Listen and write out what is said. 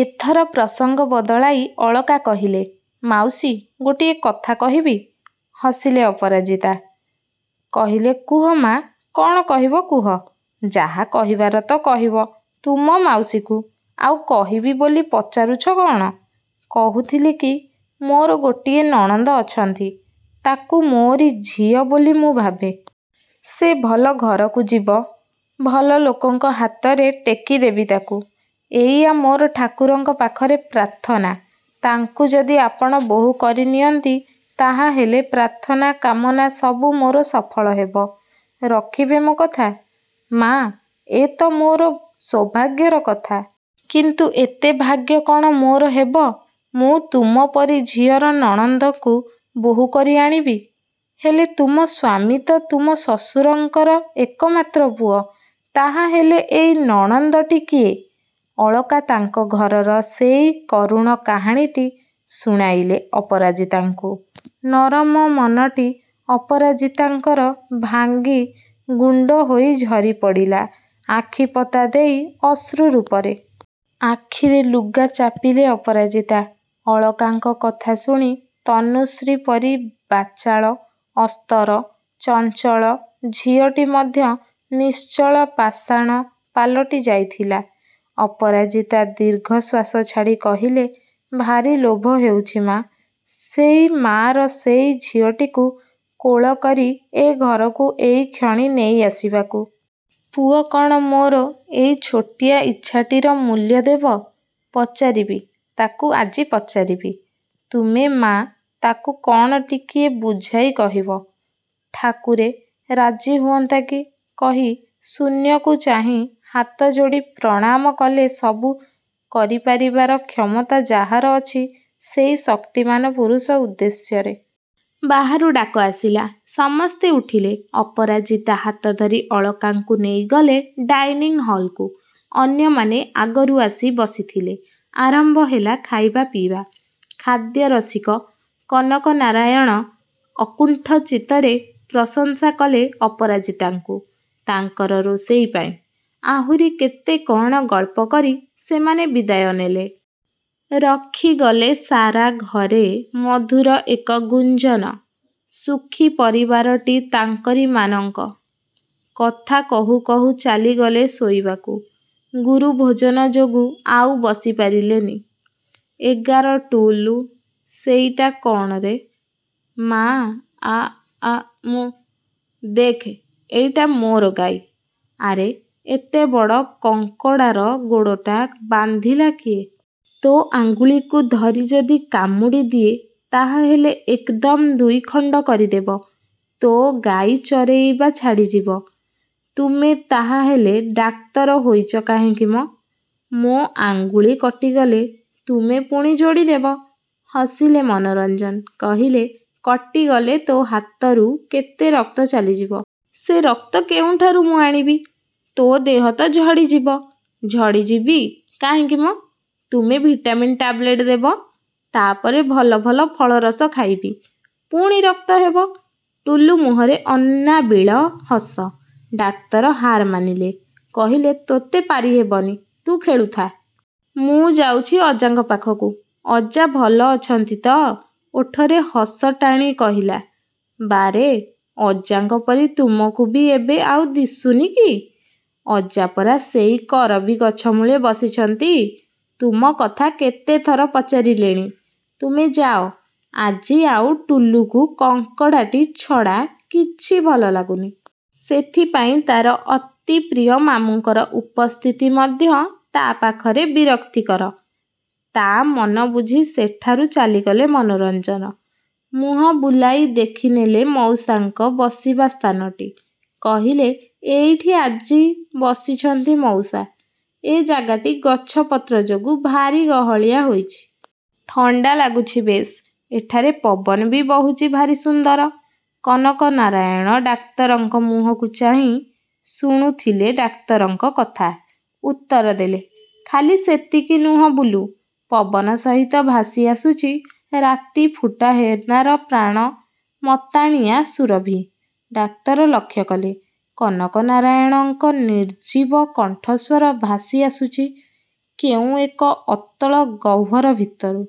ଏଥର ପ୍ରସଙ୍ଗ ବଦଳାଇ ଅଳକା କହିଲେ–ମାଉସୀ ଗୋଟିଏ କଥା କହିବି। ହସିଲେ ଅପରାଜିତା। କହିଲେ–କୁହ ମା', କ'ଣ କହିବ କୁହ। ଯାହା କହିବାର ତ କହିବ ତୁମ ମାଉସୀକୁ, ଆଉ କହିବି ବୋଲି ପଚାରୁଛ କ'ଣ? କହୁଥିଲି କି ମୋର ଗୋଟିଏ ନଣନ୍ଦ ଅଛନ୍ତି। ତାକୁ ମୋରି ଝିଅ ବୋଲି ମୁଁ ଭାବେ। ସେ ଭଲ ଘରକୁ ଯିବ, ଭଲ ଲୋକଙ୍କ ହାତରେ ଟେକିଦେବି ତାକୁ। ଏଇଆ ମୋର ଠାକୁରଙ୍କ ପାଖରେ ପ୍ରାର୍ଥନା। ତାଙ୍କୁ ଯଦି ଆପଣ ବୋହୂ କରିନିଅନ୍ତି ତାହାହେଲେ ପ୍ରାର୍ଥନା କାମନା ସବୁ ମୋର ସପଂଳ ହେବ। ରଖିବେ ମୋ କଥା? ମା', ଏ ତ ମୋର ସୌଭାଗ୍ୟର କଥା! କିନ୍ତୁ ଏତେ ଭାଗ୍ୟ କ'ଣ ମୋର ହେବ? ମୁଁ ତୁମ ପରି ଝିଅର ନଣନ୍ଦକୁ ବୋହୂ କରି ଆଣିବି। ହେଲେ–ତୁମ ସ୍ୱାମୀ ତ ତୁମ ଶ୍ୱଶୁରଙ୍କର ଏକମାତ୍ର ପୁଅ, ତାହାହେଲେ ଏଇ ନଣନ୍ଦଟି କିଏ? ଅଳକା ତାଙ୍କ ଘରର ସେଇ କରୁଣ କାହାଣୀଟି ଶୁଣାଇଲେ ଅପରାଜିତାଙ୍କୁ ନରମ ମନଟି ଅପରାଜିତାଙ୍କର ଭାଙ୍ଗି ଗୁଣ୍ତ ହୋଇ ଝରିପଡ଼ିଲା ଆଖିପତା ଦେଇ ଅଶ୍ରୁ ରୂପରେ। ଆଖିରେ ଲୁଗା ଚାପିଲେ ଅପରାଜିତା। ଅଳକାଙ୍କ କଥା ଶୁଣି ତନୁଶ୍ରୀ ପରି ବାଚାଳ, ଅସ୍ଥର, ଚଞ୍ଚଳ ଝିଅଟି ମଧ୍ୟ ନିଶ୍ଚଳ ପାଷାଣ ପାଲଟି ଯାଇଥିଲା। ଅପରାଜିତା ଦୀର୍ଘଶ୍ୱାସ ଛାଡ଼ି କହିଲେ–ଭାରି ଲୋଭ ହେଉଛି ମା'! ସେଇ ମା'ର ସେଇ ଝିଅଟିକୁ କୋଳ କରି ଏ ଘରକୁ ଏଇକ୍ଷଣି ନେଇଆସିବାକୁ। ପୁଅ କ'ଣ ମୋର ଏଇ ଛୋଟିଆ ଇଚ୍ଛାଟିର ମୂଲ୍ୟ ଦେବ! ପଚାରିବି, ତାକୁ ଆଜି ପଚାରିବି। ତୁମେ ମା' ତାକୁ କ'ଣ ଟିକିଏ ବୁଝାଇ କହିବ? ଠାକୁରେ–ରାଜି ହୁଅନ୍ତା କି କହି ଶୂନ୍ୟକୁ ଚାହିଁ ହାତଯୋଡ଼ି ପ୍ରଣାମ କଲେ ସବୁ କରିପାରିବାର କ୍ଷମତା ଯାହାର ଅଛି ସେଇ ଶକ୍ତିମାନ ପୁରୁଷ ଉଦ୍ଦେଶ୍ୟରେ। ବାହାରୁ ଡାକଆସିଲା– ସମସ୍ତେ ଉଠିଲେ। ଅପରାଜିତା ହାତଧରି ଅଳକାଙ୍କୁ ନେଇଗଲେ ଡାଇନିଂ ହଲକୁ। ଅନ୍ୟମାନେ ଆଗରୁ ଆସି ବସିଥିଲେ। ଆରମ୍ଭ ହେଲା ଖାଇବା ପିଇବା। ଖାଦ୍ୟ ରସିକ କନକନାରାୟଣ ଅକୁଣ୍ଠଚିତ୍ତରେ ପ୍ରଶଂସାକଲେ ଅପରାଜିତାଙ୍କୁ, ତାଙ୍କର ରୋଷେଇ ପାଇଁ। ଆହୁରି କେତେ କ'ଣ ଗଳ୍ପକରି ସେମାନେ ବିଦାୟନେଲେ। ରଖିଗଲେ ସାରା ଘରେ ମଧୁର ଏକ ଗୁଞ୍ଜନ। ସୁଖି ପରିବାରଟି ତାଙ୍କରିମାନଙ୍କ। କଥା କହୁ କହୁ ଚାଲିଗଲେ ଶୋଇବାକୁ। ଗୁରୁଭୋଜନ ଯୋଗୁ ଆଉ ବସିପାରିଲେନି। ଏଗାର ଟୁଲୁ, ସେଇଟା କ'ଣରେ? ମା–ଆ–ଆ ମୁଁ। ଦେଖ ଏଇଟା ମୋର ଗାଈ। ଆରେ, ଏତେବଡ଼ କଙ୍କଡ଼ାର ଗୋଡ଼ଟା ବାନ୍ଧିଲା କିଏ। ତୋ ଆଙ୍ଗୁଳିକୁ ଧରି ଯଦି କାମୁଡ଼ିଦିଏ ତାହାହେଲେ ଏକଦମ୍ ଦୁଇଖଣ୍ତ କରିଦେବ। ତୋ ଗାଈ ଚରେଇବା ଛାଡ଼ିଯିବ। ତୁମେ ତାହାହେଲେ ଡାକ୍ତର ହୋଇଚ କାହିଁକି ମ? ମୋ ଆଙ୍ଗୁଳି କଟିଗଲେ ତୁମେ ପୁଣି ଯୋଡ଼ିଦେବ। ହସିଲେ ମନୋରଞ୍ଜନ। କହିଲେ–କଟିଗଲେ ତୋ ହାତରୁ କେତେ ରକ୍ତ ଚାଲିଯିବ। ସେ ରକ୍ତ କେଉଁଠାରୁ ମୁଁ ଆଣିବି। ତୋ ଦେହ ତ ଝଡ଼ିଯିବ। ଝଡ଼ିଯିବି କାହିଁକି ମ। ତୁମେ ଭିଟାମିନ୍ ଟାବଲେଟ୍ ଦେବ। ତା'ପରେ ଭଲ ଭଲ ଫଳରସ ଖାଇବି। ପୁଣି ରକ୍ତହେବ। ଟୁଲୁ ମୁହଁରେ ଅନାବିଳ ହସ। ଡାକ୍ତର ହାର୍ ମାନିଲେ। କହିଲେ–ତୋତେ ପାରିହେବନି। ତୁ ଖେଳୁଥା। ମୁଁ ଯାଉଛି ଅଜାଙ୍କ ପାଖକୁ। ଅଜା ଭଲ ଅଛନ୍ତି ତ? ଓଠରେ ହସଟାଣି କହିଲା– ବାରେ, ଅଜାଙ୍କ ପରି ତୁମକୁ ବି ଏବେ ଆଉ ଦିଶୁନି କି? ଅଜା ପରା ସେଇ କରବୀ ଗଛମୂଳେ ବସିଛନ୍ତି। ତୁମ କଥା କେତେଥର ପଚାରିଲେଣି। ତୁମେ ଯାଅ। ଆଜି ଆଉ ଟୁଲୁକୁ କଙ୍କଡ଼ାଟି ଛଡ଼ା କିଛି ଭଲଲାଗୁନି। ସେଥିପାଇଁ ତା'ର ଅତି ପ୍ରିୟ ମାମୁଁଙ୍କର ଉପସ୍ତିତି ମଧ୍ୟ ତା' ପାଖରେ ବିରକ୍ତିକର। ତା'ମନ ବୁଝି ସେଠାରୁ ଚାଲିଗଲେ ମନୋରଞ୍ଜନ। ମୁହଁ ବୁଲାଇ ଦେଖିନେଲେ ମଉସାଙ୍କ ବସିବା ସ୍ଥାନଟି। କହିଲେ, ଏଇଠି ଆଜି ବସିଛନ୍ତି ମଉସା। ଏ ଜାଗାଟି ଗଛ ପତ୍ରଯୋଗୁଁ ଭାରି ଗହଳିଆ ହୋଇଛି। ଥଣ୍ତା ଲାଗୁଛି ବେଶ୍। ଏଠାରେ ପବନ ବି ବହୁଛି ଭାରି ସୁନ୍ଦର। କନକନାରାୟଣ ଡାକ୍ତରଙ୍କ ମୁହଁକୁ ଚାହିଁ ଶୁଣୁଥିଲେ ଡାକ୍ତରଙ୍କ କଥା। ଉତ୍ତରଦେଲେ–ଖାଲି ସେତିକି ନୁହେଁ ବୁଲୁ, ପବନ ସହିତ ଭାସିଆସୁଛି ରାତିଫୁଟା ହେନାର ପ୍ରାଣ ମତାଣିଆ ସୁରଭି-। ଡାକ୍ତର ଲକ୍ଷ୍ୟକଲେ– କନକନାରାୟଣଙ୍କ ନିର୍ଜୀବ କଣ୍ଠସ୍ୱର ଭାସିଆସୁଛି କେଉଁ ଏକ ଅତଳ ଗହ୍ୱର ଭିତରୁ।